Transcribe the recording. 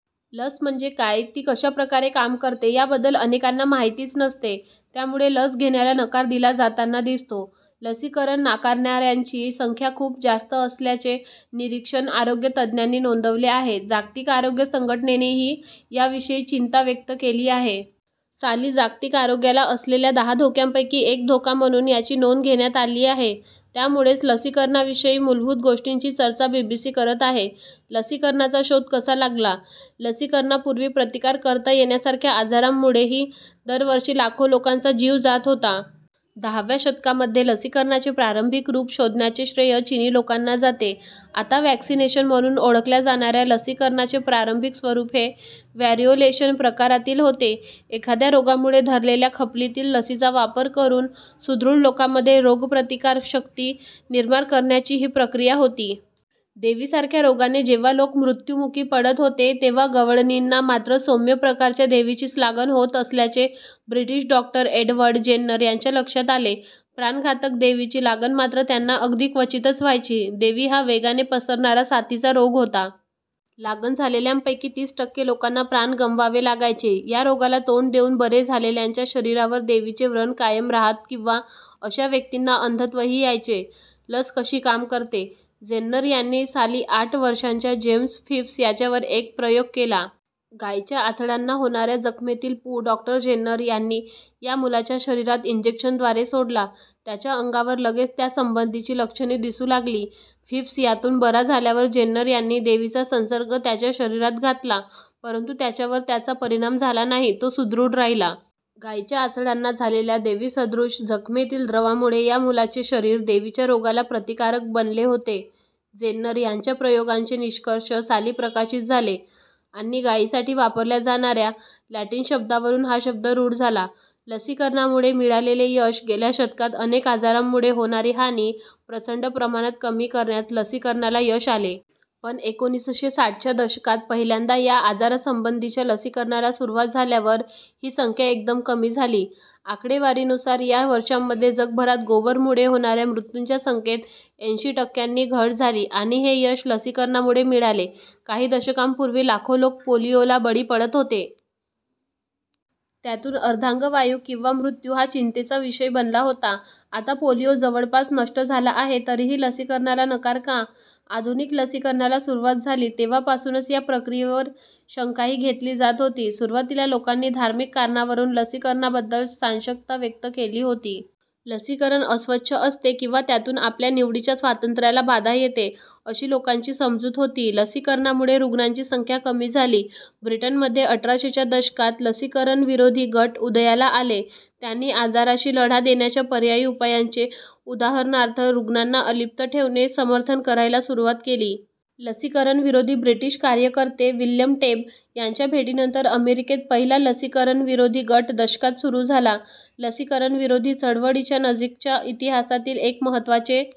लस म्हणजे काय? ती कशा प्रकारे काम करते? याबद्दल अनेकांना माहितीच नसते. त्यामुळे लस घेण्याला नकार दिला जाताना दिसतो. लसीकरण नाकारणाऱ्यांची संख्या खूप जास्त असल्याचे निरीक्षण आरोग्य तज्ज्ञांनी नोंदवले आहे. जागतिक आरोग्य संघटनेनेही याविषयी चिंता व्यक्त केली आहे. साली जागतिक आरोग्याला असलेल्या दहा धोक्यांपैकी एक धोका म्हणून याची नोंद घेण्यात आली आहे. त्यामुळेच लसीकरणाविषयी मूलभूत गोष्टींची चर्चा बीबीसी करत आहे. लसीकरणाचा शोध कसा लागला? लसीकरणापूर्वी प्रतिकार करता येण्यासारख्या आजारांमुळेही दरवर्षी लाखो लोकांचा जीव जात होता. दहाव्या शतकामध्ये लसीकरणाचे प्रारंभिक रूप शोधण्याचे श्रेय चिनी लोकांना जाते. आता 'व्हॅक्सिनेशन' म्हणून ओळखल्या जाणाऱ्या लसीकरणाचे प्रारंभिक स्वरूप हे 'व्हॅरिओलेशन' प्रकारातील होते. एखाद्या रोगामुळे धरलेल्या खपलीतील लसीचा वापर करून सुदृढ लोकांमध्ये रोगप्रतिकार शक्ती निर्माण करण्याची ही प्रक्रिया होती. देवीसारख्या रोगाने जेव्हा लोक मृत्युमुखी पडत होते, तेव्हा गवळणींना मात्र सौम्य प्रकारच्या देवीचीच लागण होत असल्याचे ब्रिटिश डॉक्टर एडवर्ड जेन्नर यांच्या लक्षात आले. प्राणघातक देवीची लागण मात्र त्यांना अगदी क्वचितच व्हायची. देवी हा वेगाने पसरणारा साथीचा रोग होता. लागण झालेल्यांपैकी तीस टक्के लोकांना प्राण गमवावे लागायचे. या रोगाला तोंड देऊन बरे झालेल्यांच्या शरीरावर देवीचे व्रण कायम राहत किंवा अशा व्यक्तींना अंधत्वही यायचे. लस कशी काम करते? जेन्नर यांनी साली आठ वर्षांच्या जेम्स फिप्स याच्यावर एक प्रयोग केला. गायीच्या आचळांना होणाऱ्या जखमेतील पू डॉक्टर जेन्नर यांनी या मुलाच्या शरीरात इंजेक्शनद्वारे सोडला. त्याच्या अंगावर लगेच त्यासंबंधीची लक्षणे दिसू लागली. फिप्स यातून बरा झाल्यावर जेन्नर यांनी देवीचा संसर्ग त्याच्या शरीरात घातला, परंतु त्याच्यावर त्याचा परिणाम झाला नाही, तो सुदृढ राहिला. गायीच्या आचळांना झालेल्या देवीसदृश जखमेतील द्रवामुळे या मुलाचे शरीर देवीच्या रोगाला प्रतिकारक बनले होते. जेन्नर यांच्या प्रयोगांचे निष्कर्ष साली प्रकाशित झाले आणि गायीसाठी वापरल्या जाणाऱ्या लॅटिन शब्दावरून हा शब्द रूढ झाला. लसीकरणामुळे मिळालेले यश गेल्या शतकात अनेक आजारांमुळे होणारी हानी प्रचंड प्रमाणात कमी करण्यात लसीकरणाला यश आले. पण एकोणीसशे साठच्या दशकात पहिल्यांदा या आजारासंबंधीच्या लसीकरणाला सुरुवात झाल्यावर ही संख्या एकदम कमी झाली. आकडेवारीनुसार या वर्षांमध्ये जगभरात गोवरमुळे होणाऱ्या मृत्यूंच्या संख्येत ऐंशी टक्क्यांनी घट झाली आणि हे यश लसीकरणामुळे मिळाले. काही दशकांपूर्वी लाखो लोक पोलिओला बळी पडत होते. त्यातून अर्धांगवायू किंवा मृत्यू हा चिंतेचा विषय बनला होता. आता पोलिओ जवळपास नष्ट झाला आहे. तरीही लसीकरणाला नकार का? आधुनिक लसीकरणाला सुरुवात झाली तेव्हापासूनच या प्रक्रियेवर शंकाही घेतली जात होती. सुरुवातीला लोकांनी धार्मिक कारणावरून लसीकरणाबद्दल साशंकता व्यक्त केली होती. लसीकरण अस्वच्छ असते किंवा त्यातून आपल्या निवडीच्या स्वातंत्र्याला बाधा येते, अशी लोकांची समजूत होती. लसीकरणामुळे रुग्णांची संख्या कमी झाली ब्रिटनमध्ये अठराशेच्या दशकात लसीकरणविरोधी गट उदयाला आले. त्यांनी आजाराशी लढा देण्याच्या पर्यायी उपायांचे उदाहरणार्थ, रुग्णांना अलिप्त ठेवणे- समर्थन करायला सुरुवात केली. लसीकरणविरोधी ब्रिटिश कार्यकर्ते विल्यम टेब यांच्या भेटीनंतर अमेरिकेत पहिला लसीकरणविरोधी गट दशकात सुरू झाला. लसीकरणविरोधी चळवळीच्या नजीकच्या इतिहासातील एक महत्त्वाचे